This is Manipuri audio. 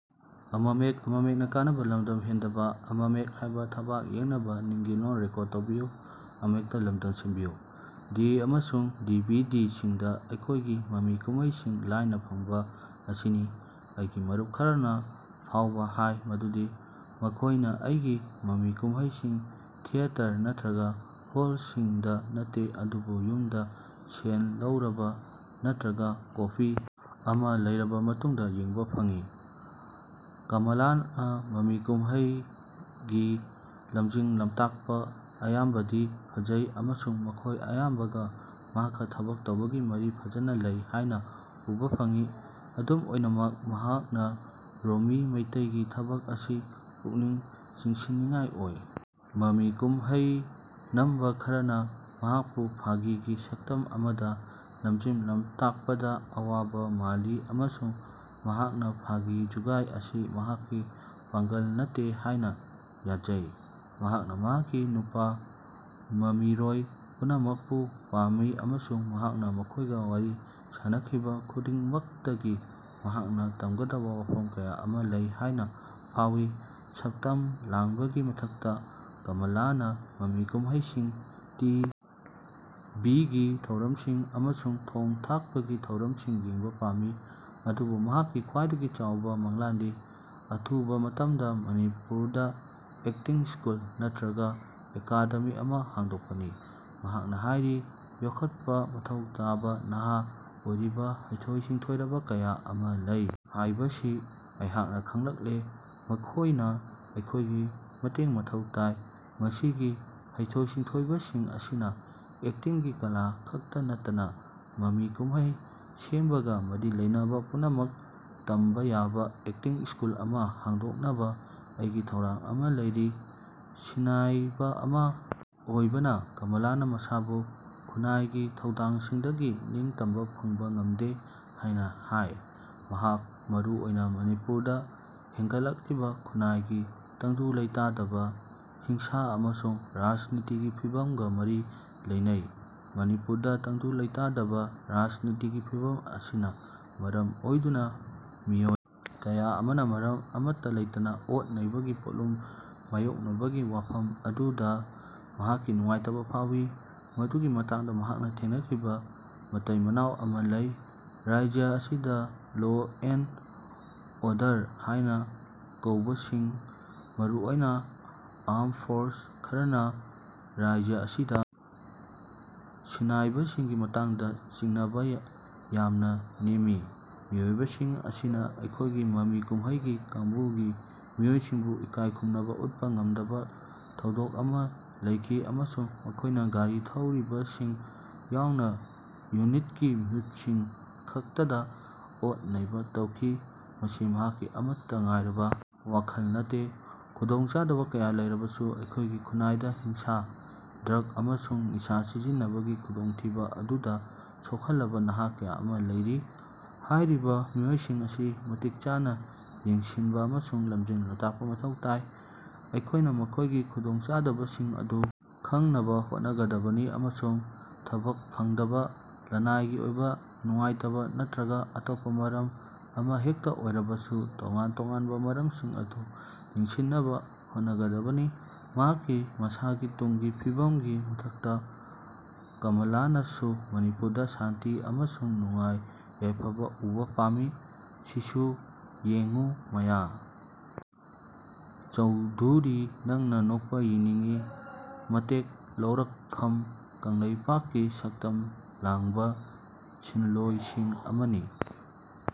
ꯗꯤ. ꯑꯃꯁꯨꯡ ꯗꯤ. ꯚꯤ. ꯗꯤ. ꯁꯤꯡꯗ ꯑꯩꯈꯣꯏꯒꯤ ꯃꯃꯤ ꯀꯨꯝꯍꯩꯁꯤꯡ ꯂꯥꯏꯅ ꯐꯪꯕ ꯑꯁꯤꯅꯤ ꯫ ꯑꯩꯒꯤ ꯃꯔꯨꯞ ꯈꯔꯅ ꯐꯥꯎꯕ ꯍꯥꯏ ꯃꯗꯨꯗꯤ ꯃꯈꯣꯏꯅ ꯑꯩꯒꯤ ꯃꯃꯤ ꯀꯨꯝꯍꯩꯁꯤꯡ ꯊꯤꯌꯦꯇꯔ ꯅꯠꯇ꯭ꯔꯒ ꯍꯣꯜꯁꯤꯡꯗ ꯅꯠꯇꯦ ꯑꯗꯨꯕꯨ ꯌꯨꯝꯗ ꯁꯦꯟ ꯂꯧꯔꯕ ꯅꯠꯇ꯭ꯔꯒ ꯀꯣꯄꯤ ꯑꯃ ꯂꯩꯔꯕ ꯃꯇꯨꯡꯗ ꯌꯦꯡꯕ ꯐꯪꯏ꯫ ꯀꯃꯂꯥꯅ ꯃꯃꯤ ꯀꯨꯝꯍꯩꯒꯤ ꯂꯝꯖꯤꯡ-ꯂꯝꯇꯥꯛꯄ ꯑꯌꯥꯝꯕꯗꯤ ꯐꯖꯩ ꯑꯃꯁꯨꯡ ꯃꯈꯣꯏ ꯑꯌꯥꯝꯕꯒ ꯃꯍꯥꯛꯀ ꯊꯕꯛ ꯇꯧꯕꯒꯤ ꯃꯔꯤ ꯐꯖꯅ ꯂꯩ ꯍꯥꯏꯅ ꯎꯕ ꯐꯪꯏ꯫ ꯑꯗꯨꯝ ꯑꯣꯏꯅꯃꯛ ꯃꯍꯥꯛꯅ ꯔꯣꯃꯤ ꯃꯩꯇꯩꯒꯤ ꯊꯕꯛ ꯑꯁꯤ ꯄꯨꯛꯅꯤꯡ ꯆꯤꯡꯁꯤꯟꯅꯤꯡꯉꯥꯏ ꯑꯣꯏ꯫ ꯃꯃꯤ ꯀꯨꯝꯍꯩ ꯅꯝꯕ ꯈꯔꯅ ꯃꯍꯥꯛꯄꯨ ꯐꯥꯒꯤꯒꯤ ꯁꯛꯇꯝ ꯑꯃꯗ ꯂꯝꯖꯤꯡ-ꯂꯝꯇꯥꯛꯄꯗ ꯑꯋꯥꯕ ꯃꯥꯜꯂꯤ ꯑꯃꯁꯨꯡ ꯃꯍꯥꯛꯅ ꯐꯥꯒꯤ-ꯖꯨꯒꯥꯏ ꯑꯁꯤ ꯃꯍꯥꯛꯀꯤ ꯄꯥꯡꯒꯜ ꯅꯠꯇꯦ ꯍꯥꯏꯅ ꯌꯥꯖꯩ꯫ ꯃꯍꯥꯛꯅ ꯃꯍꯥꯛꯀꯤ ꯅꯨꯄꯥ ꯃꯃꯤꯔꯣꯏ ꯄꯨꯝꯅꯃꯛꯄꯨ ꯄꯥꯝꯃꯤ ꯑꯃꯁꯨꯡ ꯃꯍꯥꯛꯅ ꯃꯈꯣꯏꯒ ꯋꯥꯔꯤ ꯁꯥꯅꯈꯤꯕ ꯈꯨꯗꯤꯡꯃꯛꯇꯒꯤ ꯃꯍꯥꯛꯅ ꯇꯝꯒꯗꯕ ꯋꯥꯐꯝ ꯀꯌꯥ ꯑꯃ ꯂꯩ ꯍꯥꯏꯅ ꯐꯥꯎꯏ꯫ ꯁꯛꯇꯝ ꯂꯥꯡꯕꯒꯤ ꯃꯊꯛꯇ ꯀꯃꯂꯥꯅ ꯃꯃꯤ ꯀꯨꯝꯍꯩꯁꯤꯡ, ꯇꯤ. ꯚꯤ. ꯒꯤ ꯊꯧꯔꯝꯁꯤꯡ ꯑꯃꯁꯨꯡ ꯊꯣꯡ-ꯊꯥꯛꯄꯒꯤ ꯊꯧꯔꯝꯁꯤꯡ ꯌꯦꯡꯕ ꯄꯥꯝꯃꯤ꯫ ꯑꯗꯨꯕꯨ ꯃꯍꯥꯛꯀꯤ ꯈ꯭ꯋꯥꯏꯗꯒꯤ ꯆꯥꯎꯕ ꯃꯪꯂꯥꯟꯗꯤ ꯑꯊꯨꯕ ꯃꯇꯝꯗ ꯃꯅꯤꯄꯨꯔꯗ ꯑꯦꯛꯇꯤꯡ ꯁ꯭ꯀꯨꯜ ꯅꯠꯇ꯭ꯔꯒ ꯑꯦꯀꯥꯗꯦꯃꯤ ꯑꯃ ꯍꯥꯡꯗꯣꯛꯄꯅꯤ꯫ ꯃꯍꯥꯛꯅ ꯍꯥꯏꯔꯤ, "ꯌꯣꯛꯈꯠꯄ ꯃꯊꯧ ꯇꯥꯕ ꯅꯍꯥ ꯑꯣꯏꯔꯤꯕ ꯍꯩꯊꯣꯏ-ꯁꯤꯡꯊꯣꯏꯔꯕ ꯀꯌꯥ ꯑꯃ ꯂꯩ ꯍꯥꯏꯕꯁꯤ ꯑꯩꯍꯥꯛꯅ ꯈꯪꯂꯛꯂꯦ꯫ ꯃꯈꯣꯏꯅ ꯑꯩꯈꯣꯏꯒꯤ ꯃꯇꯦꯡ ꯃꯊꯧ ꯇꯥꯏ꯫ ꯃꯁꯤꯒꯤ ꯍꯩꯊꯣꯏ-ꯁꯤꯡꯊꯣꯏꯕꯁꯤꯡ ꯑꯁꯤꯅ ꯑꯦꯛꯇꯤꯡꯒꯤ ꯀꯂꯥ ꯈꯛꯇ ꯅꯠꯇꯅ ꯃꯃꯤ ꯀꯨꯝꯍꯩ ꯁꯦꯝꯕꯒ ꯃꯔꯤ ꯂꯩꯅꯕ ꯄꯨꯝꯅꯃꯛ ꯇꯝꯕ ꯌꯥꯕ ꯑꯦꯛꯇꯤꯡ ꯁ꯭ꯀꯨꯜ ꯑꯃ ꯍꯥꯡꯗꯣꯛꯅꯕ ꯑꯩꯒꯤ ꯊꯧꯔꯥꯡ ꯑꯃ ꯂꯩꯔꯤ"꯫ ꯁꯤꯟꯅꯥꯏꯕ ꯑꯃ ꯑꯣꯏꯕꯅ ꯀꯃꯂꯥꯅ ꯃꯁꯥꯕꯨ ꯈꯨꯟꯅꯥꯏꯒꯤ ꯊꯧꯗꯥꯡꯁꯤꯡꯗꯒꯤ ꯅꯤꯡꯇꯝꯕ ꯐꯪꯕ ꯉꯝꯗꯦ ꯍꯥꯏꯅ ꯍꯥꯏ꯫ ꯃꯍꯥꯛ ꯃꯔꯨ ꯑꯣꯏꯅ ꯃꯅꯤꯄꯨꯔꯗ ꯍꯦꯟꯒꯠꯂꯛꯂꯤꯕ ꯈꯨꯟꯅꯥꯏꯒꯤ ꯇꯪꯗꯨ ꯂꯩꯇꯥꯗꯕ, ꯍꯤꯡꯁꯥ ꯑꯃꯁꯨꯡ ꯔꯥꯖꯅꯤꯇꯤꯒꯤ ꯐꯤꯚꯝꯒ ꯃꯔꯤ ꯂꯩꯅꯩ꯫ ꯃꯅꯤꯄꯨꯔꯗ ꯇꯪꯗꯨ ꯂꯩꯇꯥꯗꯕ ꯔꯥꯖꯅꯤꯇꯤꯒꯤ ꯐꯤꯚꯝ ꯑꯁꯤꯅ ꯃꯔꯝ ꯑꯣꯏꯗꯨꯅ ꯃꯤꯑꯣꯏ ꯀꯌꯥ ꯑꯃꯅ ꯃꯔꯝ ꯑꯃꯠꯇ ꯂꯩꯇꯅ ꯑꯣꯠ-ꯅꯩꯕꯒꯤ ꯄꯣꯠꯂꯨꯝ ꯃꯥꯌꯣꯛꯅꯕꯒꯤ ꯋꯥꯐꯝ ꯑꯗꯨꯗ ꯃꯍꯥꯛꯀꯤ ꯅꯨꯡꯉꯥꯏꯇꯕ ꯐꯥꯎꯏ꯫ ꯃꯗꯨꯒꯤ ꯃꯇꯥꯡꯗ ꯃꯍꯥꯛꯅ ꯊꯦꯡꯅꯈꯤꯕ ꯃꯇꯩ-ꯃꯅꯥꯎ ꯑꯃ ꯂꯩ꯫ "ꯔꯥꯖ꯭ꯌ ꯑꯁꯤꯗ ꯂꯣ ꯑꯦꯟꯗ ꯑꯣꯔꯗꯔ ꯍꯥꯏꯅ ꯀꯧꯕꯁꯤꯡ, ꯃꯔꯨꯑꯣꯏꯅ ꯑꯥꯔꯝ ꯐꯣꯔꯁ ꯈꯔꯅ ꯔꯥꯖ꯭ꯌ ꯑꯁꯤꯗ ꯁꯤꯟꯅꯥꯏꯕꯁꯤꯡꯒꯤ ꯃꯇꯥꯡꯗ ꯆꯤꯡꯅꯕ ꯌꯥꯝꯅ ꯅꯦꯝꯃꯤ꯫ ꯃꯤꯑꯣꯏꯁꯤꯡ ꯑꯁꯤꯅ ꯑꯩꯈꯣꯏꯒꯤ ꯃꯃꯤ ꯀꯨꯝꯍꯩꯒꯤ ꯀꯥꯡꯕꯨꯒꯤ ꯃꯤꯑꯣꯏꯁꯤꯡꯕꯨ ꯏꯀꯥꯏ ꯈꯨꯝꯅꯕ ꯎꯠꯄ ꯉꯝꯗꯕ ꯊꯧꯗꯣꯛ ꯑꯃ ꯂꯩꯈꯤ ꯑꯃꯁꯨꯡ ꯃꯈꯣꯏꯅ ꯒꯥꯔꯤ ꯊꯧꯔꯤꯕꯁꯤꯡ ꯌꯥꯎꯅ ꯌꯨꯅꯤꯠꯀꯤ ꯃꯤꯍꯨꯠꯁꯤꯡ ꯈꯛꯇꯗ ꯑꯣꯠ-ꯅꯩꯕ ꯇꯧꯈꯤ"꯫ ꯃꯁꯤ ꯃꯍꯥꯛꯀꯤ ꯑꯃꯠꯇ ꯉꯥꯏꯔꯕ ꯋꯥꯈꯜ ꯅꯠꯇꯦ꯫ "ꯈꯨꯗꯣꯡꯆꯥꯗꯕ ꯀꯌꯥ ꯂꯩꯔꯕꯁꯨ, ꯑꯩꯈꯣꯏꯒꯤ ꯈꯨꯟꯅꯥꯏꯗ ꯍꯤꯡꯁꯥ, ꯗ꯭ꯔꯒ ꯑꯃꯁꯨꯡ ꯅꯤꯁꯥ ꯁꯤꯖꯤꯟꯅꯕꯒꯤ ꯈꯨꯗꯣꯡꯊꯤꯕ ꯑꯗꯨꯗ ꯁꯣꯛꯍꯜꯂꯕ ꯅꯍꯥ ꯀꯌꯥ ꯑꯃ ꯂꯩꯔꯤ꯫ ꯍꯥꯏꯔꯤꯕ ꯃꯤꯑꯣꯏꯁꯤꯡ ꯑꯁꯤ ꯃꯇꯤꯛ ꯆꯥꯅ ꯌꯦꯡꯁꯤꯟꯕ ꯑꯃꯁꯨꯡ ꯂꯝꯖꯤꯡ-ꯂꯝꯇꯥꯛꯄ ꯃꯊꯧ ꯇꯥꯏ꯫ ꯑꯩꯈꯣꯏꯅ ꯃꯈꯣꯏꯒꯤ ꯈꯨꯗꯣꯡꯆꯥꯗꯕꯁꯤꯡ ꯑꯗꯨ ꯈꯪꯅꯕ ꯍꯣꯠꯅꯒꯗꯕꯅꯤ ꯑꯃꯁꯨꯡ ꯊꯕꯛ ꯐꯪꯗꯕ, ꯂꯅꯥꯏꯒꯤ ꯑꯣꯏꯕ ꯅꯨꯡꯉꯥꯏꯇꯕ ꯅꯠꯇ꯭ꯔꯒ ꯑꯇꯣꯞꯄ ꯃꯔꯝ ꯑꯃꯍꯦꯛꯇ ꯑꯣꯏꯔꯕꯁꯨ ꯇꯣꯉꯥꯟ-ꯇꯣꯉꯥꯟꯕ ꯃꯔꯝꯁꯤꯡ ꯑꯗꯨ ꯌꯦꯡꯁꯤꯟꯅꯕ ꯍꯣꯠꯅꯒꯗꯕꯅꯤ"꯫ ꯃꯍꯥꯛꯀꯤ ꯃꯁꯥꯒꯤ ꯇꯨꯡꯒꯤ ꯐꯤꯕꯝꯒꯤ ꯃꯊꯛꯇ, ꯀꯃꯂꯥꯅꯁꯨ ꯃꯅꯤꯄꯨꯔꯗ ꯁꯥꯟꯇꯤ ꯑꯃꯁꯨꯡ ꯅꯨꯡꯉꯥꯏ-ꯌꯥꯏꯐꯕ ꯎꯕ ꯄꯥꯝꯃꯤ꯫ ꯁꯤꯁꯨ ꯌꯦꯡꯉꯨ ꯃꯌꯥ ꯆꯧꯙꯨꯔꯤ ꯅꯪꯅ ꯅꯣꯛꯄ ꯌꯦꯡꯅꯤꯡꯉꯤ ꯃꯇꯦꯡ ꯂꯧꯔꯛꯐꯝ ꯀꯪꯂꯩꯄꯥꯛꯀꯤ ꯁꯛꯇꯝ ꯂꯥꯡꯕ ꯁꯤꯟꯂꯣꯢꯁꯤꯡ ꯑꯃꯅꯤ꯫